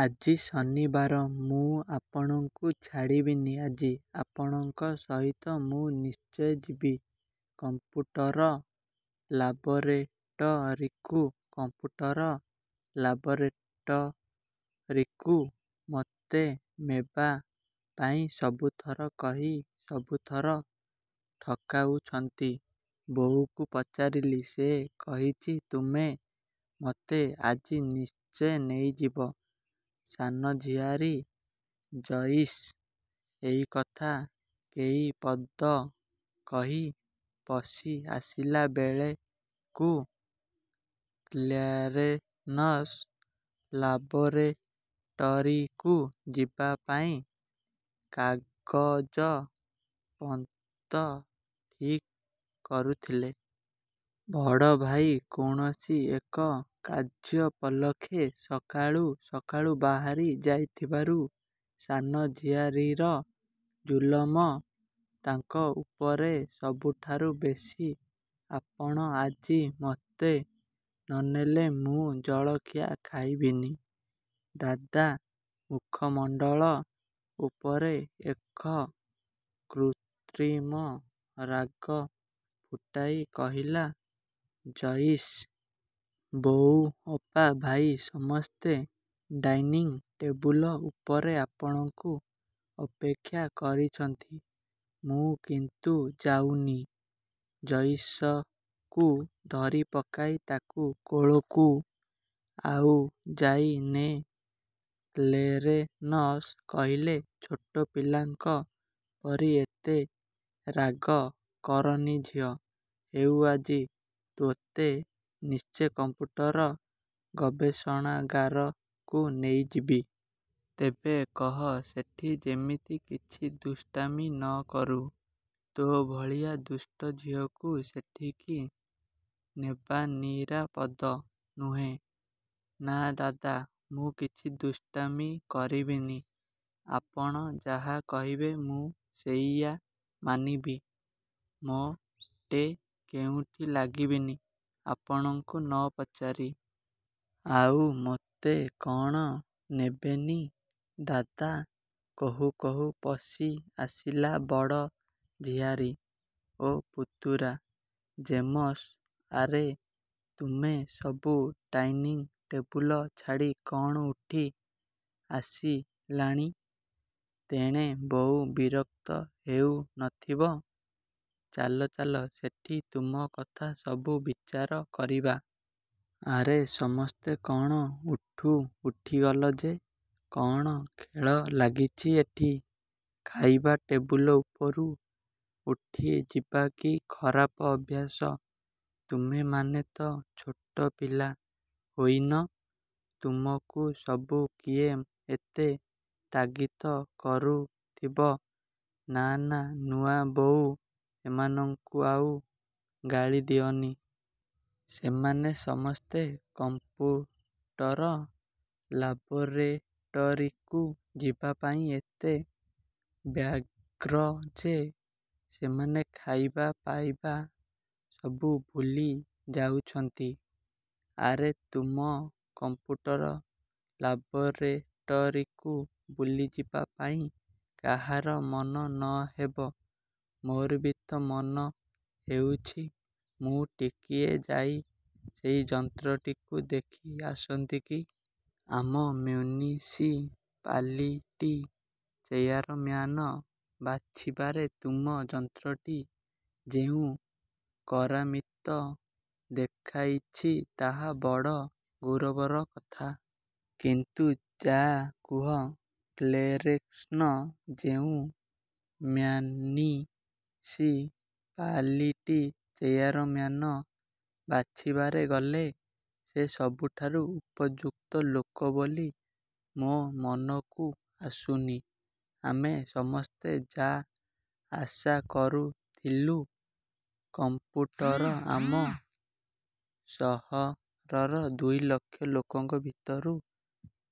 ଆଜି ଶନିବାର, ମୁଁ ଆପଣଙ୍କୁ ଛାଡ଼ିବିନି ଆଜି। ଆପଣଙ୍କ ସହିତ ମୁଁ ନିଶ୍ଚେ ଯିବି କଂପ୍ୟୁଟର ଲାବୋରେଟରୀକୁ। କଂପ୍ୟୁଟର ଲାବୋରେଟରୀକୁ ମୋତେ ମେବା ପାଇଁ ସବୁ ଥର କହି ସବୁ ଥର ଠକାଉଛନ୍ତି। ବୋଉକୁ ପଚାରିଲି, ସେ କହିଛି, ତୁମେ ମୋତେ ଆଜିନିଶ୍ଚେ ନେଇଯିବ। ସାନ ଝିଆରୀ ଜୟିସ୍ ଏଇ କଥା କେଇ ପଦ କହି ପଶି ଆସିଲାବେଳେକୁ କ୍ଳେରେନସ୍ ଲାବୋରେଟରୀକୁ ଯିବାପାଇଁ କାଗଜପନ୍ତ୍ର ଠିକ୍ କରୁଥିଲେ। ବଡ଼ ଭାଇ କୌଣସି ଏକ କାର୍ଯ୍ୟୋପଲକ୍ଷେ ସକାଳୁ ସକାଳୁ ବାହାରି ଯାଇଥିବାରୁ ସାନ ଝିଆରୀର ଜୁଲମ ତାଙ୍କ ଉପରେ ସବୁଠାରୁ ବେଶୀ ଆପଣ ଆଜି ମୋତେ ନ ନେଲେ ମୁଁ ଜଳଖିଆ ଖାଇବିନି ଦାଦା ମୁଖମଣ୍ଡଳ ଉପରେ ଏଖ କୃତ୍ରିମ ରାଗ ଫୁଟାଇ କହିଲା ଜୟିସ୍। ବୋଉ, ଅପା, ଭାଇ, ସମସ୍ତେ ଡାଇନିଂ ଟେବୁଲ ଉପରେ ଆପଣଙ୍କୁ ଅପେକ୍ଷା କରିଛନ୍ତି, ମୁଁ କିନ୍ତୁ ଯାଉନି। ଜୟିସକୁ ଧରିପକାଇ ତାକୁ କୋଳକୁ ଆଉଯାଇ ନେ କ୍ଳେରେନସ୍ କହିଲେ, ଛୋଟ ପିଲାଙ୍କ ପରି ଏତେ ରାଗ କରନି ଝିଅ। ହେଉ, ଆଜି ତୋତେ ନିଶ୍ଚେ କଂପ୍ୟୁଟର ଗବେଷଣାଗାରକୁ ନେଇଯିବି। ତେବେ କହ, ସେଠି ଯେମିତି କିଛି ଦୁଷ୍ଟାମି ନ କରୁ। ତୋ ଭଳିଆ ଦୁଷ୍ଟ ଝିଅକୁ ସେଠିକି ନେବାନିରାପଦ ନୁହେଁ। 'ନା, ଦାଦା, ମୁଁ କିଛି ଦୁଷ୍ଟାମି କରିବିନି। ଆପଣ ଯାହା କହିବେ, ମୁଁ ସେଇଆ ମାନିବି। ମୋ ଟେ କେଉଁଠି ଲାଗିବିନି, ଆପଣଙ୍କୁ ନ ପଚାରି। ଆଉ ମୋତେ କ'ଣ ନେବେନି, ଦାଦା' କହୁ କହୁ ପଶି ଆସିଲା ବଡ଼। ଝିଆରୀ ଓ ପୁତୁରା ଜେମସ୍। 'ଆରେ, ତୁମେ ସବୁ ଡାଇନିଂ ଟେବୁଲ ଛାଡ଼ି କ'ଣ ଉଠି ଆସିଲାଣି। ତେଣେ ବୋଉ ବିରକ୍ତ ହେଉ ନ ଥିବ? ଚାଲ ଚାଲ, ସେଠି ତୁମ କଥା ସବୁ ବିଚାର କରିବା। ଆରେ ସମସ୍ତେ କ'ଣ ଏଠୁ ଉଠିଗଲ ଯେ? କ'ଣ ଖେଳ ଲାଗିଛି ଏଠି? ଖାଇବା ଟେବୁଲ ଉପରୁ ଉଠିଯିବା କି ଖରାପ ଅଭ୍ୟାସ। ତୁମେମାନେ ତ ଛୋଟ ପିଲା ହୋଇନ। ତୁମକୁ ସବୁ କିଏ ଏତେ ତାଗିତ କରୁଥିବ। ନା, ନା, ନୂଆବୋଉ, ସେମାନଙ୍କୁ ଆଉ ଗାଳି ଦିଅନି। ସେମାନେ ସମସ୍ତେ କଂପ୍ୟୁଟର ଲାବୋରେଟରୀକୁ ଯିବା ପାଇଁ ଏତେ ବ୍ୟଗ୍ର ଯେ, ସେମାନେ ଖାଇବା ପାଇବା ସବୁ ଭୁଲି ଯାଉଛନ୍ତି-। ଆରେ, ତୁମ କଂପ୍ୟୁଟର ଲାବୋରେଟରୀକୁ ବୁଲିଯିବା ପାଇଁ କାହାର ମନ ନ ହେବ? ମୋର ବି ତ ମନ ହେଉଛି, ମୁଁ ଟିକିଏ ଯାଇ ସେଇ ଯନ୍ତ୍ରଟିକୁ ଦେଖି ଆସନ୍ତି କି? ଆମ ମ୍ୟୁନିସିପାଲିଟି ଚେୟାରମ୍ୟାନ ବାଛିବାରେ ତୁମ ଯନ୍ତ୍ରଟି ଯେଉଁ କରାମିତ ଦେଖାଇଛି, ତାହା ବଡ଼ ଗୌରବର କଥା। କିନ୍ତୁ ଯା' କୁହ କ୍ଳେରେନ୍ସ, ଯେଉଁ ମ୍ୟୁନିସିପାଲିଟି ଚେୟାରମ୍ୟାନ ବାଛିବାରେ ଗଲେ, ସେ ସବୁଠାରୁ ଉପଯୁକ୍ତ ଲୋକ ବୋଲି ମୋ ମନକୁ ଆସୁନି। ଆମେ ସମସ୍ତେ ଯା' ଆଶା କରୁଥିଲୁ କଂପ୍ୟୁଟର ଆମ ସହରର ଦୁଇଲକ୍ଷ ଲୋକଙ୍କ ଭିତରୁ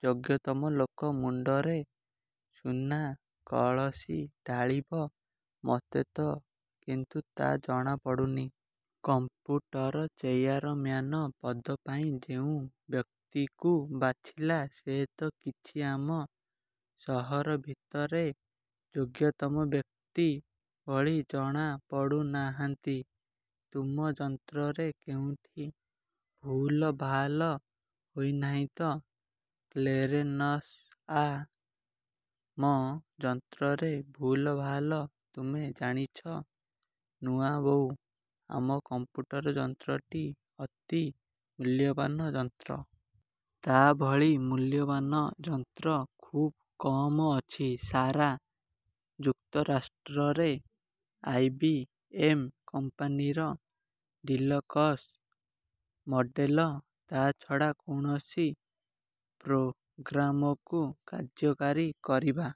ଯୋଗ୍ୟତମ ଲୋକ ମୁଣ୍ଡରେ ସୁନା କଳସି ଢାଳିବ ମୋତେ ତ କିନ୍ତୁ ତା ଜଣା ପଡ଼ୁନି। କଂପ୍ୟୁଟର ଚେୟାରମ୍ୟାନ ପଦ ପାଇଁ ଯେଉଁ ବ୍ୟକ୍ତିକୁ ବାଛିଲା, ସେ ତ କିଛି ଆମ ସହର ଭିତରେ ଯୋଗ୍ୟତମ ବ୍ୟକ୍ତି ଭଳି ଜଣା ପଡ଼ୁନାହାନ୍ତି। ତୁମ ଯନ୍ତ୍ରରେ କେଉଁଠି ଭୁଲଭାଲ ହୋଇ ନାହିଁ ତ କ୍ଳେରେନସ୍ଆ ମ ଯନ୍ତ୍ରରେ ଭୁଲଭାଲ ତୁମେ ଜାଣିଛ ନୂଆବୋଉ, ଆମ କଂପ୍ୟୁଟର ଯନ୍ତ୍ରଟି ଅତି ମୂଲ୍ୟବାନ ଯନ୍ତ୍ର। ତା ଭଳି ମୂଲ୍ୟବାନ ଯନ୍ତ୍ର ଖୁବ୍ କମ ଅଛି ସାରା ଯୁକ୍ତରାଷ୍ଟ୍ରରେ। ଆଇ. ବି. ଏମ୍ କମ୍ପାନୀର ଡିଲକସ୍ ମଡେଲ। ତା'ଛଡ଼ା କୌଣସି ପ୍ରୋଗ୍ରାମକୁ କାର୍ଯ୍ୟକାରୀ କରିବା